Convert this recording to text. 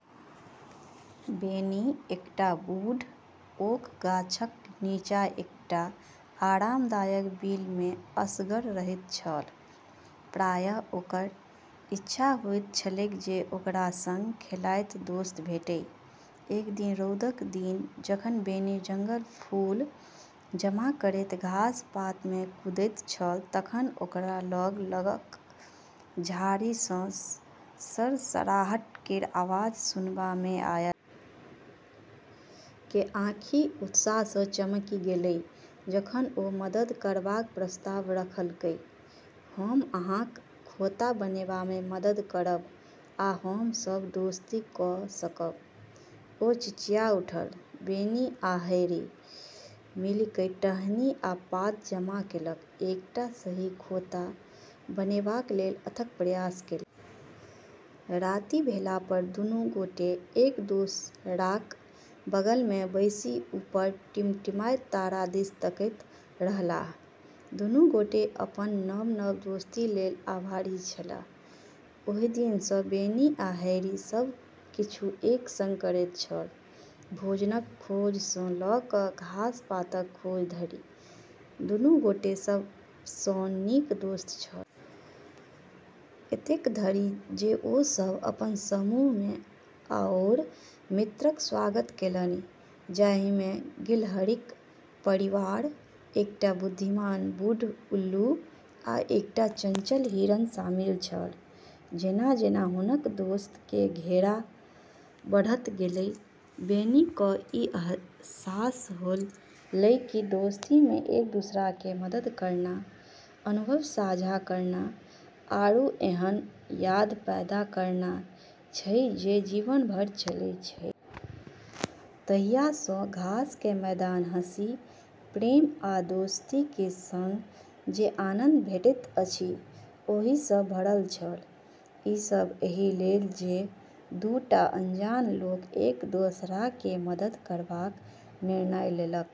बेनी एकटा बूढ़ ओक गाछक नीचाँ एकटा आरामदायक बिल मे असगर रहैत छल, प्रायः ओकर इच्छा होइत छलैक जे ओकरा संग खेलाइत दोस्त भेटय। एक दिन रौदक दिन जखन बेनी जंगली फूल जमा करैत घास-पात मे कूदैत छल तखन ओकरा लग लगक झाड़ी सँ सरसराहट केर आवाज सुनबा मे आयल। के आँखि उत्साह सॅं चमकि गेलै जखन ओ मदद करबाक प्रस्ताव रखलकै, "हम अहाँक खोंता बनेबा मे मदद करब आ हम सभ दोस्ती क' सकब!" ओ चिचिया उठल। बेनी आ हैरी मिलिकय टहनी आ पात जमा केलक, एकटा सही खोंता बनेबाक लेल अथक प्रयास केलक। राति भेला पर दुनू गोटे एक दोसराक बगल मे बैसि ऊपर टिमटिमाइत तारा दिस तकैत रहलाह, दुनू गोटे अपन नव-नव दोस्ती लेल आभारी छलाह। ओहि दिन सँ बेनी आ हैरी सब किछु एक संग करैत छल, भोजनक खोज सँ ल' क' घास-पातक खोज धरि, दुनू गोटे सबसँ नीक दोस्त छल। एतेक धरि जे ओ सभ अपन समूह मे आओर मित्रक स्वागत केलनि, जाहि मे गिलहरीक परिवार, एकटा बुद्धिमान बूढ़ उल्लू, आ एकटा चंचल हिरण शामिल छल। जेना-जेना हुनक दोस्त के घेरा बढ़त गेलै, बेनी क ई अहसास होलै कि दोस्ती मे एक-दूसरा के मदद करना, अनुभव साझा करना, आरू ऐन्हन याद पैदा करना छै जे जीवन भर चलै छै। तहिया सँ घास के मैदान हँसी, प्रेम आ दोस्ती के संग जे आनन्द भेटैत अछि, ओहि सँ भरल छल, ई सब एहि लेल जे दू टा अनजान लोक एक दोसरा के मदद करबाक निर्णय लेलक।